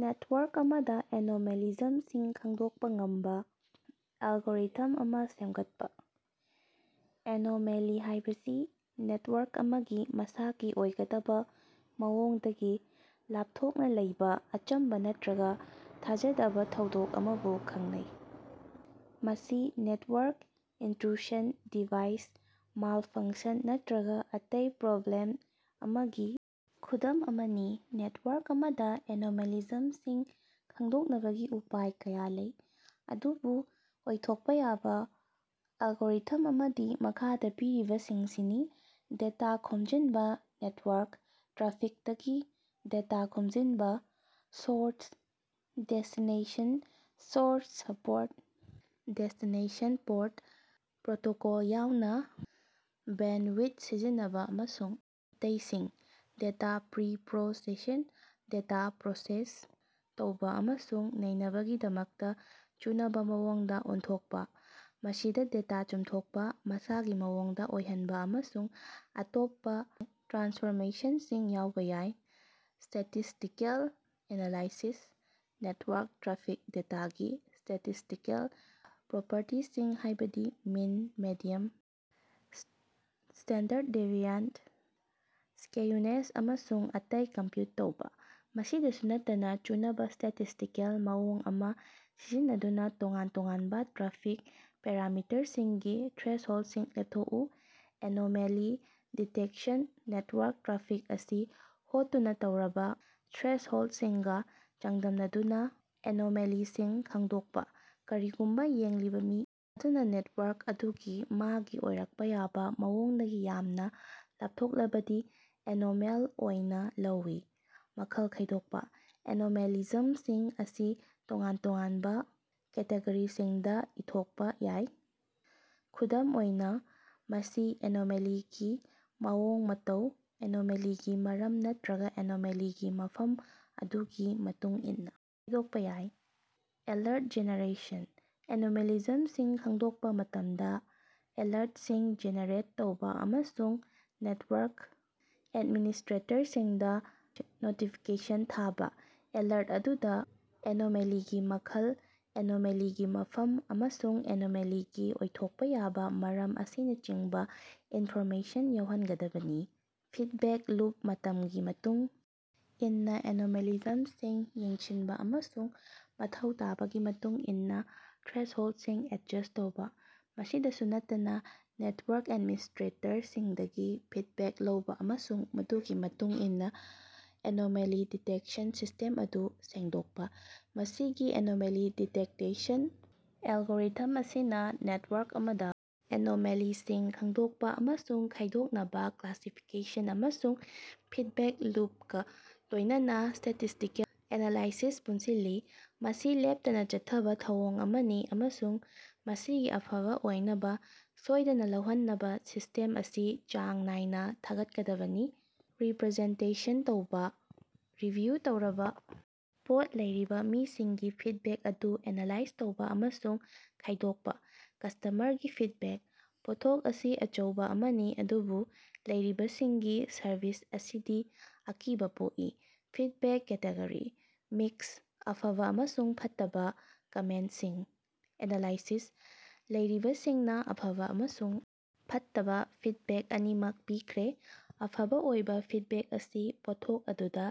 Network ꯑꯃꯗ ꯑꯦꯅꯣꯃꯦꯂꯤꯖꯝꯁꯤꯡ ꯈꯪꯗꯣꯛꯄ ꯉꯝꯕ ꯑꯦꯜꯒꯣꯔꯤꯊꯝ ꯑꯃ ꯁꯦꯝꯒꯠꯄ ꯫ ꯑꯦꯅꯣꯃꯦꯂꯤ ꯍꯥꯢꯕꯁꯤ ꯅꯦꯇꯋꯥꯔꯛ ꯑꯃꯒꯤ ꯃꯁꯥꯒꯤ ꯑꯣꯏꯒꯗꯕ ꯃꯑꯣꯡꯗꯒꯤ ꯂꯥꯞꯊꯣꯛꯅ ꯂꯩꯕꯥ ꯑꯆꯝꯕ ꯅꯠꯇ꯭ꯔꯒ ꯊꯥꯖꯗꯕ ꯊꯧꯗꯣꯛ ꯑꯃꯕꯨ ꯈꯪꯅꯩ꯫ ꯃꯁꯤ ꯅꯦꯇꯋꯥꯔꯛ ꯏꯅꯇ꯭ꯔꯨꯁꯟ, ꯗꯤꯚꯥꯏꯁ ꯃꯥꯜꯐꯡꯁꯟ ꯅꯠꯇ꯭ꯔꯒ ꯑꯇꯩ ꯄ꯭ꯔꯣꯕ꯭ꯂꯦꯝ ꯑꯃꯒꯤ ꯈꯨꯗꯝ ꯑꯃꯅꯤ꯫ ꯅꯦꯇꯋꯥꯔꯛ ꯑꯃꯗ ꯑꯦꯅꯣꯃꯦꯂꯤꯖꯝꯁꯤꯡ ꯈꯪꯗꯣꯛꯅꯕꯒꯤ ꯎꯄꯥꯏ ꯀꯌꯥ ꯂꯩ꯫ ꯑꯗꯨꯕꯨ ꯑꯣꯏꯊꯣꯛꯄ ꯌꯥꯕ ꯑꯦꯜꯒꯣꯔꯤꯊꯝ ꯑꯃꯗꯤ ꯃꯈꯥꯗ ꯄꯤꯔꯤꯕꯁꯤꯡꯁꯤꯅꯤ ꯗꯦꯇꯥ ꯈꯣꯝꯖꯟꯕ ꯅꯦꯇꯋꯥꯔꯛ ꯇ꯭ꯔꯥꯐꯤꯛꯇꯒꯤ ꯗꯦꯇꯥ ꯈꯣꯝꯖꯤꯟꯕ, source, destination, source port, destination port, protocol ꯌꯥꯎꯅꯥ꯫ ꯕꯦꯟꯗꯋꯤꯊ ꯁꯤꯖꯤꯟꯅꯕ ꯑꯃꯁꯨꯡ ꯑꯇꯩꯁꯤꯡ꯫ ꯗꯦꯇꯥ ꯄ꯭ꯔꯤꯄ꯭ꯔꯣꯁꯦꯁꯤꯡ ꯗꯦꯇꯥ ꯄ꯭ꯔꯣꯁꯦꯁ ꯇꯧꯕꯥ ꯑꯃꯁꯨꯡ ꯅꯩꯅꯕꯒꯤꯗꯃꯛꯇ ꯆꯨꯅꯕ ꯃꯑꯣꯡꯗ ꯑꯣꯟꯊꯣꯛꯄ꯫ ꯃꯁꯤꯗ ꯗꯦꯇꯥ ꯆꯨꯝꯊꯣꯛꯄ, ꯃꯁꯥꯒꯤ ꯃꯑꯣꯡꯗ ꯑꯣꯏꯍꯟꯕ ꯑꯃꯁꯨꯡ ꯑꯇꯣꯞꯄ ꯇ꯭ꯔꯥꯟꯁꯐꯣꯔꯃꯦꯁꯟꯁꯤꯡ ꯌꯥꯎꯕ ꯌꯥꯏ꯫ ꯁ꯭ꯇꯦꯇꯤꯁꯇꯤꯀꯦꯜ ꯑꯦꯅꯥꯂꯥꯏꯁꯤꯁ ꯅꯦꯇꯋꯥꯔꯛ ꯇ꯭ꯔꯥꯐꯤꯛ ꯗꯦꯇꯥꯒꯤ ꯁ꯭ꯇꯦꯇꯤꯁꯇꯤꯀꯦꯜ ꯄ꯭ꯔꯣꯄꯔꯇꯤꯁꯤꯡ ꯍꯥꯢꯕꯗꯤ mean, median, standard deviation, skewness ꯑꯃꯁꯨꯡ ꯑꯇꯩ ꯀꯝꯄ꯭ꯌꯨꯠ ꯇꯧꯕꯥ꯫ ꯃꯁꯤꯗꯁꯨ ꯅꯠꯇꯅ ꯆꯨꯅꯕ ꯁ꯭ꯇꯦꯇꯤꯁꯇꯤꯀꯦꯜ ꯃꯑꯣꯡ ꯑꯃ ꯁꯤꯖꯤꯟꯅꯗꯨꯅ ꯇꯣꯉꯥꯟ-ꯇꯣꯉꯥꯟꯕ ꯇ꯭ꯔꯥꯐꯤꯛ ꯄꯦꯔꯥꯃꯤꯇꯔꯁꯤꯡꯒꯤ ꯊ꯭ꯔꯦꯁꯍꯣꯜꯗꯁꯤꯡ ꯂꯦꯞꯊꯣꯛꯎ꯫ ꯑꯦꯅꯣꯃꯦꯂꯤ ꯗꯤꯇꯦꯛꯁꯟ ꯅꯦꯇꯋꯥꯔꯛ ꯇ꯭ꯔꯥꯐꯤꯛ ꯑꯁꯤ ꯍꯣꯠꯇꯨꯅ ꯇꯧꯔꯕ ꯊ꯭ꯔꯦꯁꯍꯣꯜꯗꯁꯤꯡꯒ ꯆꯥꯡꯗꯝꯅꯗꯨꯅ ꯑꯦꯅꯣꯃꯦꯂꯤꯁꯤꯡ ꯈꯡꯗꯣꯛꯄ꯫ ꯀꯔꯤꯒꯨꯝꯕ ꯌꯦꯡꯂꯤꯕ ꯃꯤ ꯑꯗꯨꯅ ꯅꯦꯇꯋꯥꯔꯛ ꯑꯗꯨꯒꯤ ꯃꯥꯒꯤ ꯑꯣꯏꯔꯛꯄ ꯌꯥꯕ ꯃꯑꯣꯡꯗꯒꯤ ꯌꯥꯝꯅ ꯂꯥꯞꯊꯣꯛꯂꯕꯗꯤ ꯑꯦꯅꯣꯃꯦꯜ ꯑꯣꯏꯅ ꯂꯧꯏ꯫ ꯃꯈꯜ ꯈꯥꯏꯗꯣꯛꯄ: ꯑꯦꯅꯣꯃꯦꯂꯤꯖꯝꯁꯤꯡ ꯑꯁꯤ ꯇꯣꯉꯥꯟ ꯇꯣꯉꯥꯟꯕ ꯀꯦꯇꯦꯒꯣꯔꯤꯁꯤꯡꯗ ꯏꯗꯣꯛꯄ ꯌꯥꯏ꯫ ꯈꯨꯗꯝ ꯑꯣꯏꯅ ꯃꯁꯤ ꯑꯦꯅꯣꯃꯦꯂꯤꯒꯤ ꯃꯑꯣꯡ-ꯃꯇꯧ, ꯑꯦꯅꯣꯃꯦꯂꯤꯒꯤ ꯃꯔꯝ ꯅꯠꯇ꯭ꯔꯒꯥ ꯑꯦꯅꯣꯃꯦꯂꯤꯒꯤ ꯃꯐꯝ ꯑꯗꯨꯒꯤ ꯃꯇꯨꯡꯏꯟꯅ ꯈꯥꯏꯗꯣꯛꯄ ꯌꯥꯏ꯫ ꯑꯦꯂꯔꯠ ꯖꯦꯅꯦꯔꯦꯁꯟ: ꯑꯦꯅꯣꯃꯦꯂꯤꯖꯝꯁꯤꯡ ꯈꯡꯗꯣꯛꯄ ꯃꯇꯝꯗ ꯑꯦꯂꯔꯇꯁꯤꯡ ꯖꯦꯅꯦꯔꯦꯠ ꯇꯧꯕꯥ ꯑꯃꯁꯨꯡ ꯅꯦꯇꯋꯥꯔꯛ ꯑꯦꯗꯃꯤꯅꯤꯁꯇ꯭ꯔꯦꯇꯔꯁꯤꯡꯗ ꯅꯣꯇꯤꯐꯤꯀꯦꯁꯟ ꯊꯥꯕꯥ꯫ ꯑꯦꯂꯔꯠ ꯑꯗꯨꯗ ꯑꯦꯅꯣꯃꯦꯂꯤꯒꯤ ꯃꯈꯜ, ꯑꯦꯅꯣꯃꯦꯂꯤꯒꯤ ꯃꯐꯝ ꯑꯃꯁꯨꯡ ꯑꯦꯅꯣꯃꯦꯂꯤꯒꯤ ꯑꯣꯏꯊꯣꯛꯄ ꯌꯥꯕ ꯃꯔꯝ ꯑꯁꯤꯅꯆꯤꯡꯕ ꯏꯟꯐꯣꯔꯃꯦꯁꯟ ꯌꯥꯎꯍꯟꯒꯗꯕꯅꯤ꯫ ꯐꯤꯗꯕꯦꯛ ꯂꯨꯞ ꯃꯇꯝꯒꯤ ꯃꯇꯨꯡ ꯏꯟꯅ ꯑꯦꯅꯣꯃꯦꯂꯤꯖꯝꯁꯤꯡ ꯌꯦꯡꯁꯤꯟꯕ ꯑꯃꯁꯨꯡ ꯃꯊꯧ ꯇꯥꯕꯒꯤ ꯃꯇꯨꯡ ꯏꯟꯅ ꯊ꯭ꯔꯦꯁꯍꯣꯜꯗꯁꯤꯡ ꯑꯦꯗꯖꯁ꯭ꯠ ꯇꯧꯕꯥ꯫ ꯃꯁꯤꯗꯁꯨ ꯅꯠꯇꯅ ꯅꯦꯇꯋꯥꯔꯛ ꯑꯦꯗꯃꯤꯅꯤꯁꯇ꯭ꯔꯦꯇꯔꯁꯤꯡꯗꯒꯤ ꯐꯤꯗꯕꯦꯛ ꯂꯧꯕ ꯑꯃꯁꯨꯡ ꯃꯗꯨꯒꯤ ꯃꯇꯨꯡꯏꯟꯅ ꯑꯦꯅꯣꯃꯦꯂꯤ ꯗꯤꯇꯦꯛꯁꯟ ꯁꯤꯁꯇꯦꯝ ꯑꯗꯨ ꯁꯦꯡꯗꯣꯛꯄ ꯫ ꯃꯁꯤꯒꯤ ꯑꯦꯅꯣꯃꯦꯂꯤ ꯗꯤꯇꯦꯛꯇꯦꯁꯟ ꯑꯦꯜꯒꯣꯔꯤꯊꯝ ꯑꯁꯤꯅ ꯅꯦꯇꯋꯥꯔꯛ ꯑꯃꯗ ꯑꯦꯅꯣꯃꯦꯂꯤꯁꯤꯡ ꯈꯡꯗꯣꯛꯄ ꯑꯃꯁꯨꯡ ꯈꯥꯏꯗꯣꯛꯅꯕ ꯀ꯭ꯂꯥꯁꯤꯐꯤꯀꯦꯁꯟ ꯑꯃꯁꯨꯡ ꯐꯤꯗꯕꯦꯛ ꯂꯨꯞꯀ ꯂꯣꯢꯅꯥꯅ ꯁ꯭ꯇꯦꯇꯤꯁꯇꯤꯀꯦꯜ ꯑꯦꯅꯥꯂꯥꯏꯁꯤꯁ ꯄꯨꯟꯁꯤꯜꯂꯤ꯫ ꯃꯁꯤ ꯂꯦꯞꯇꯅ ꯆꯠꯊꯕ ꯊꯧꯑꯣꯡ ꯑꯃꯅꯤ ꯑꯃꯁꯨꯡ ꯃꯁꯤꯒꯤ ꯑꯐꯕ ꯑꯣꯏꯅꯕ ꯁꯣꯢꯗꯅ ꯂꯩꯍꯟꯅꯕ ꯁꯤꯁꯇꯦꯝ ꯑꯁꯤ ꯆꯥꯡ ꯅꯥꯏꯅ ꯊꯥꯒꯠꯀꯗꯕꯅꯤ ꯫ ꯔꯤꯄ꯭ꯔꯖꯦꯟꯇꯦꯁꯟ ꯇꯧꯕꯥ꯫ ꯔꯤꯚꯤꯌꯨ ꯇꯧꯔꯕꯥ ꯄꯣꯠ ꯂꯩꯔꯤꯕ ꯃꯤꯁꯤꯡꯒꯤ ꯐꯤꯗꯕꯦꯛ ꯑꯗꯨ ꯑꯦꯅꯥꯂꯥꯏꯖ ꯇꯧꯕꯥ ꯑꯃꯁꯨꯡ ꯈꯥꯏꯗꯣꯛꯄ ꯫ ꯀꯁꯇꯃꯔꯒꯤ ꯐꯤꯗꯕꯦꯛ: ꯄꯣꯠꯊꯣꯛ ꯑꯁꯤ ꯑꯆꯧꯕꯥ ꯑꯃꯅꯤ ꯑꯗꯨꯕꯨ ꯂꯩꯔꯤꯕꯁꯤꯡꯒꯤ ꯁꯔꯕꯤꯁ ꯑꯁꯤꯗꯤ ꯑꯀꯤꯕꯥ ꯄꯣꯛꯏ꯫ ꯐꯤꯗꯕꯦꯛ ꯀꯦꯇꯦꯒꯣꯔꯤ: ꯃꯤꯛꯁ (ꯑꯐꯕ ꯑꯃꯁꯨꯡ ꯐꯠꯇꯕ ꯀꯃꯦꯟꯇꯁꯤꯡ) ꯑꯦꯅꯥꯂꯥꯏꯁꯤꯁ: ꯂꯩꯔꯤꯕꯁꯤꯡꯅ ꯑꯐꯕ ꯑꯃꯁꯨꯡ ꯐꯠꯇꯕ ꯐꯤꯗꯕꯦꯛ ꯑꯅꯤꯃꯛ ꯄꯤꯈ꯭ꯔꯦ꯫ ꯑꯐꯕ ꯑꯣꯏꯕ ꯐꯤꯗꯕꯦꯛ ꯑꯁꯤ ꯄꯣꯠꯊꯣꯛ ꯑꯗꯨꯗ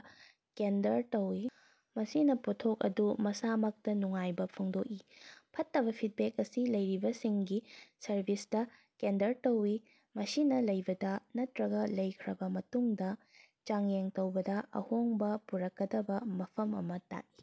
ꯀꯦꯟꯗꯔ ꯇꯧꯏ, ꯃꯁꯤꯅꯥ ꯄꯣꯠꯊꯣꯛ ꯑꯗꯨ ꯃꯁꯥꯃꯛꯇ ꯅꯨꯡꯉꯥꯏꯕ ꯐꯣꯡꯗꯣꯛꯏ꯫ ꯐꯠꯇꯕ ꯐꯤꯗꯕꯦꯛ ꯑꯁꯤ ꯂꯩꯔꯤꯕꯁꯤꯡꯒꯤ ꯁꯔꯚꯤꯁꯇ ꯀꯦꯟꯗꯔ ꯇꯧꯏ ꯃꯁꯤꯅꯥ ꯂꯩꯕꯗ ꯅꯠꯇ꯭ꯔꯒ ꯂꯩꯈ꯭ꯔꯕ ꯃꯇꯨꯡꯗ ꯆꯥꯡꯌꯦꯡ ꯇꯧꯕꯗ ꯑꯍꯣꯡꯕ ꯄꯨꯔꯛꯀꯗꯕ ꯃꯐꯝ ꯑꯃ ꯇꯥꯛꯏ꯫